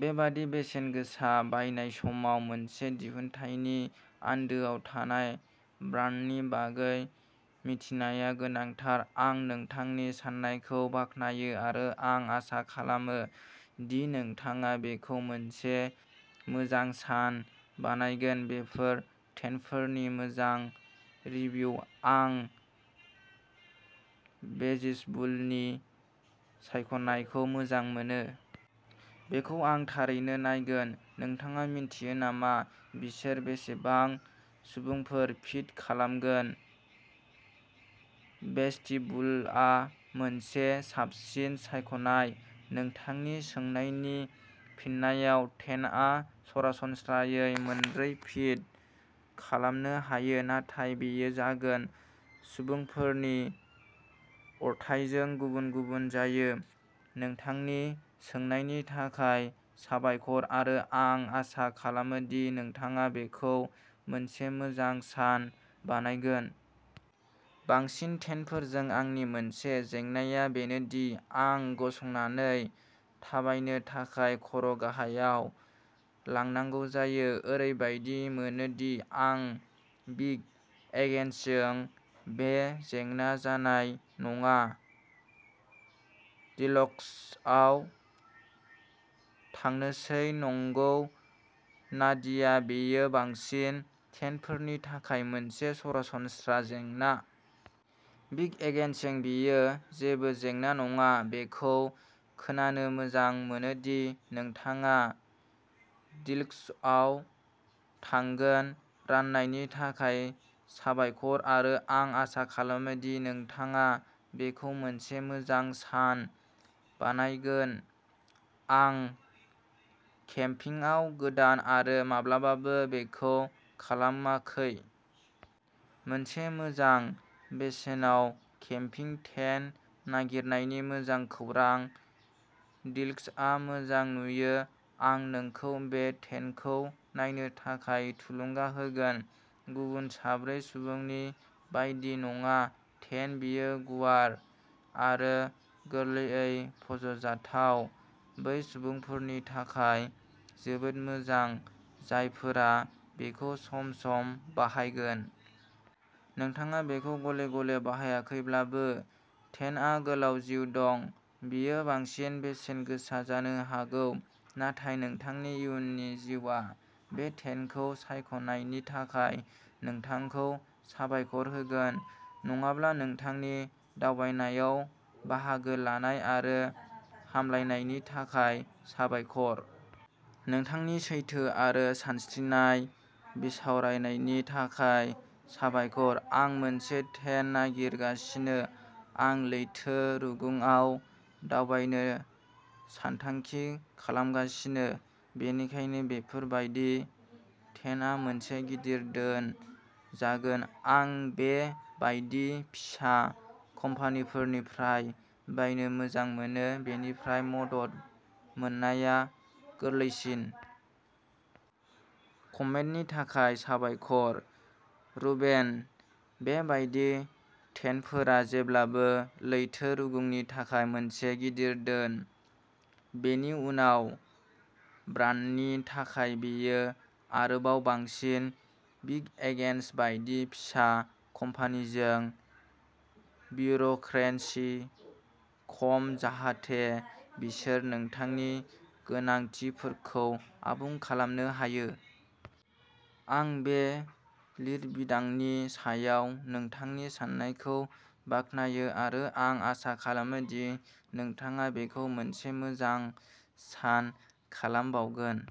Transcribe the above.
बेबादि बेसेन गोसा बायनाय समाव मोनसे दिहुनथायनि आन्दोआव थानाय ब्रान्डनि बागै मिथिनाया गोनांथार। आं नोंथांनि साननायखौ बाख्नायो आरो आं आसा खालामो दि नोंथाङा बेखौ मोनसे मोजां सान बानायगोन! बेफोर टेन्टफोरनि मोजां रिभिउ! आं भेजिसबुलनि सायख'नायखौ मोजां मोनो! बेखौ आं थारैनो नायगोन। नोंथाङा मिन्थियो नामा बिसोर बेसेबां सुबुंफोर फिट खालामगोन? भेस्टिबुलआ मोनसे साबसिन सायख'नाय। नोंथांनि सोंनायनि फिननायाव, टेन्टआ सरासनस्रायै मोनब्रै फिट खालामनो हायो, नाथाय बेयो जागोन। सुबुंफोरनि अरथाइजों गुबुन-गुबुन जायो। नोंथांनि सोंनायनि थाखाय साबायखर आरो आं आसा खालामो दि नोंथाङा बेखौ मोनसे मोजां सान बानायगोन! बांसिन टेन्टफोरजों आंनि मोनसे जेंनाया बेनो दि आं गसंनानै थाबायनो थाखाय खर' गाहायाव लांनांगौ जायो। ओरैबायदि मोनो दि आं बिग एगेन्सजों बे जेंना जानाय नङा। डिलक्सआव थांनोसै! नंगौ नादिया, बेयो बांसिन टेन्टफोरनि थाखाय मोनसे सरासनस्रा जेंना। बिग एगेन्सजों, बेयो जेबो जेंना नङा। बेखौ खोनानो मोजां मोनो दि नोंथाङा डिलक्सआव थांगोन। राननायनि थाखाय साबायखर आरो आं आसा खालामो दि नोंथाङा बेखौ मोनसे मोजां सान बानायगोन! आं केम्पिंगआव गोदान आरो माब्लाबाबो बेखौ खालामाखै। मोनसे मोजां बेसेनाव केम्पिं टेन्ट नागिरनायनि मोजां खौरां। डिलक्सआ मोजां नुयो। आं नोंखौ बे टेन्टखौ नायनो थाखाय थुलुंगा होगोन। गुबुन साब्रै सुबुंनि बायदि नङा। टेन्ट, बेयो गुवार आरो गोरलैयै फज' जाथाव, बै सुबुंफोरनि थाखाय जोबोद मोजां जायफोरा बेखौ सम-सम बाहायगोन। नोंथाङा बेखौ गले-गले बाहायाखैब्लाबो, टेन्टआ गोलाव जिउ दं। बेयो बांसिन बेसेन गोसा जानो हागौ, नाथाय नोंथांनि इयुननि जिउआ बे टेन्टखौ सायख'नायनि थाखाय नोंथांखौ साबायखर होगोन। नङाब्ला, नोंथांनि दावबायनायाव बाहागो लानाय आरो हामलायनायनि थाखाय साबायखर! नोंथांनि सैथो आरो सानस्रिनाय बिसावरायनायनि थाखाय साबायखर। आं मोनसे टेन्ड नागिरगासिनो, आं लैथो रुगुंआव दावबायनो सानथांखि खालामगासिनो, बेनिखायनो बेफोर बायदि टेन्टआ मोनसे गिदिर धोन जागोन। आं बे बायदि फिसा कम्पानिफोरनिफ्राय बायनो मोजां मोनो, बेनिफ्राय मदद मोननाया गोरलैसिन। कमेन्टनि थाखाय साबायखर रुबेन। बे बायदि टेन्टफोरा जेब्लाबो लैथो रुगुंनि थाखाय मोनसे गिदिर धोन। बेनि उनाव ब्रान्डनि थाखाय बेयो आरोबाव बांसिन। बिग एग्नेस बायदि फिसा कम्पानिजों, ब्युरोक्रेनसि खम। जाहाथे बिसोर नोंथांनि गोनांथिफोरखौ आबुं खालामनो हायो। आं बे लिरबिदांनि सायाव नोंथांनि साननायखौ बाख्नायो आरो आं आसा खालामो दि नोंथाङा बेखौ मोनसे मोजां सान खालामबावगोन!